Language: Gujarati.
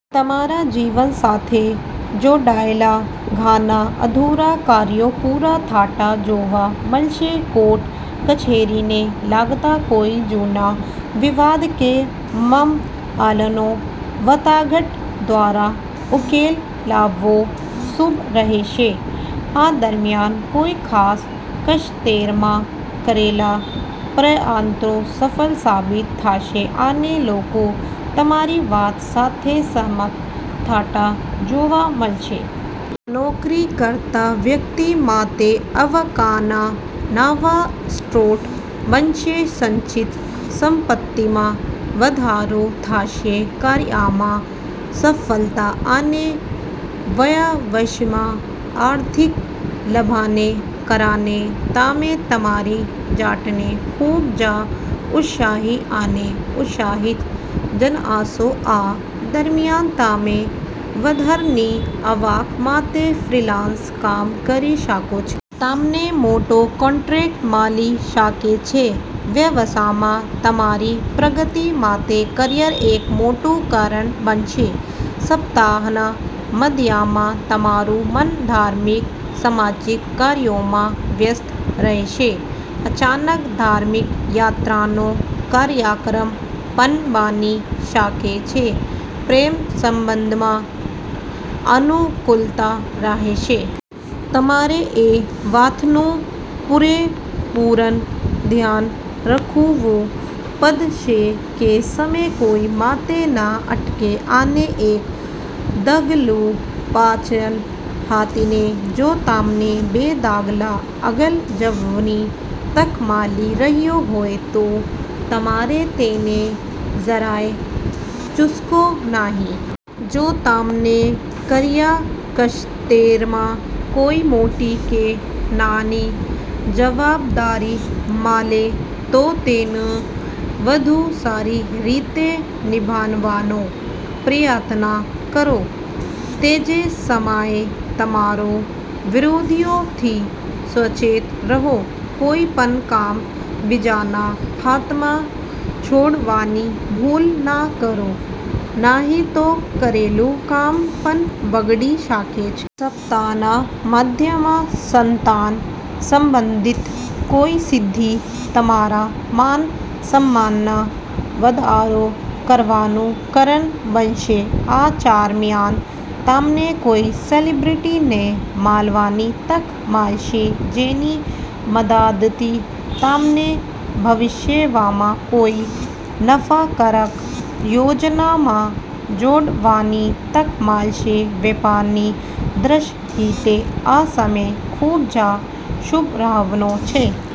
તમારા જીવન સાથે જોડાયેલા ઘણા અધૂરા કાર્યો પૂરા થતા જોવા મળશે. કોર્ટ-કચેરીને લગતા કોઈ જૂના વિવાદ કે મામલાનો વાટાઘાટો દ્વારા ઉકેલ લાવવા શુભ રહેશે. આ દરમિયાન કોઈ ખાસ ક્ષેત્રમાં કરેલા પ્રયત્નો સફળ સાબિત થશે અને લોકો તમારી વાત સાથે સહમત થતા જોવા મળશે. નોકરી કરતા વ્યક્તિ માટે આવકના નવા સ્ત્રોત બનશે. સંચિત સંપત્તિમાં વધારો થશે. કાર્યમાં સફળતા અને વ્યવસાયમાં આર્થિક લાભને કારણે તમે તમારી જાતને ખૂબ જ ઉત્સાહી અને ઉત્સાહી જણાશો. આ દરમિયાન, તમે વધારાની આવક માટે ફ્રીલાન્સ કામ કરી શકો છો. તમને મોટો કોન્ટ્રાક્ટ મળી શકે છે. વ્યવસાયમાં તમારી પ્રગતિ માટે કારકિર્દી એક મોટું કારણ બનશે. સપ્તાહના મધ્યમાં તમારું મન ધાર્મિક-સામાજિક કાર્યોમાં વ્યસ્ત રહેશે. અચાનક ધાર્મિક યાત્રાનો કાર્યક્રમ પણ બની શકે છે. પ્રેમ સંબંધમાં અનુકૂળતા રહેશે. તમારે એ વાતનું પૂરેપૂરું ધ્યાન રાખવું પડશે કે સમય કોઈ માટે ન અટકે અને એક ડગલું પાછળ હટીને જો તમને બે ડગલાં આગળ જવાની તક મળી રહી હોય તો તમારે તેને જરાય ચૂકશો નહીં. જો તમને કાર્યક્ષેત્રમાં કોઈ મોટી કે નાની જવાબદારી મળે તો તેને વધુ સારી રીતે નિભાવવાનો પ્રયાસ કરો. તે જ સમયે, તમારા વિરોધીઓથી સાવચેત રહો. કોઈ પણ કામ બીજાના હાથમાં છોડવાની ભૂલ ન કરો, નહીં તો કરેલું કામ પણ બગડી શકે છે. સપ્તાહના મધ્યમાં સંતાન સંબંધિત કોઈ સિદ્ધિ તમારા માન-સન્માનમાં વધારો કરવાનું કારણ બનશે. આ દરમિયાન, તમને કોઈ સેલિબ્રિટીને મળવાની તક મળશે, જેની મદદથી તમને ભવિષ્યમાં કોઈ નફાકારક યોજનામાં જોડાવાની તક મળશે. વેપારની દૃષ્ટિએ આ સમય ખૂબ જ શુભ રહેવાનો છે.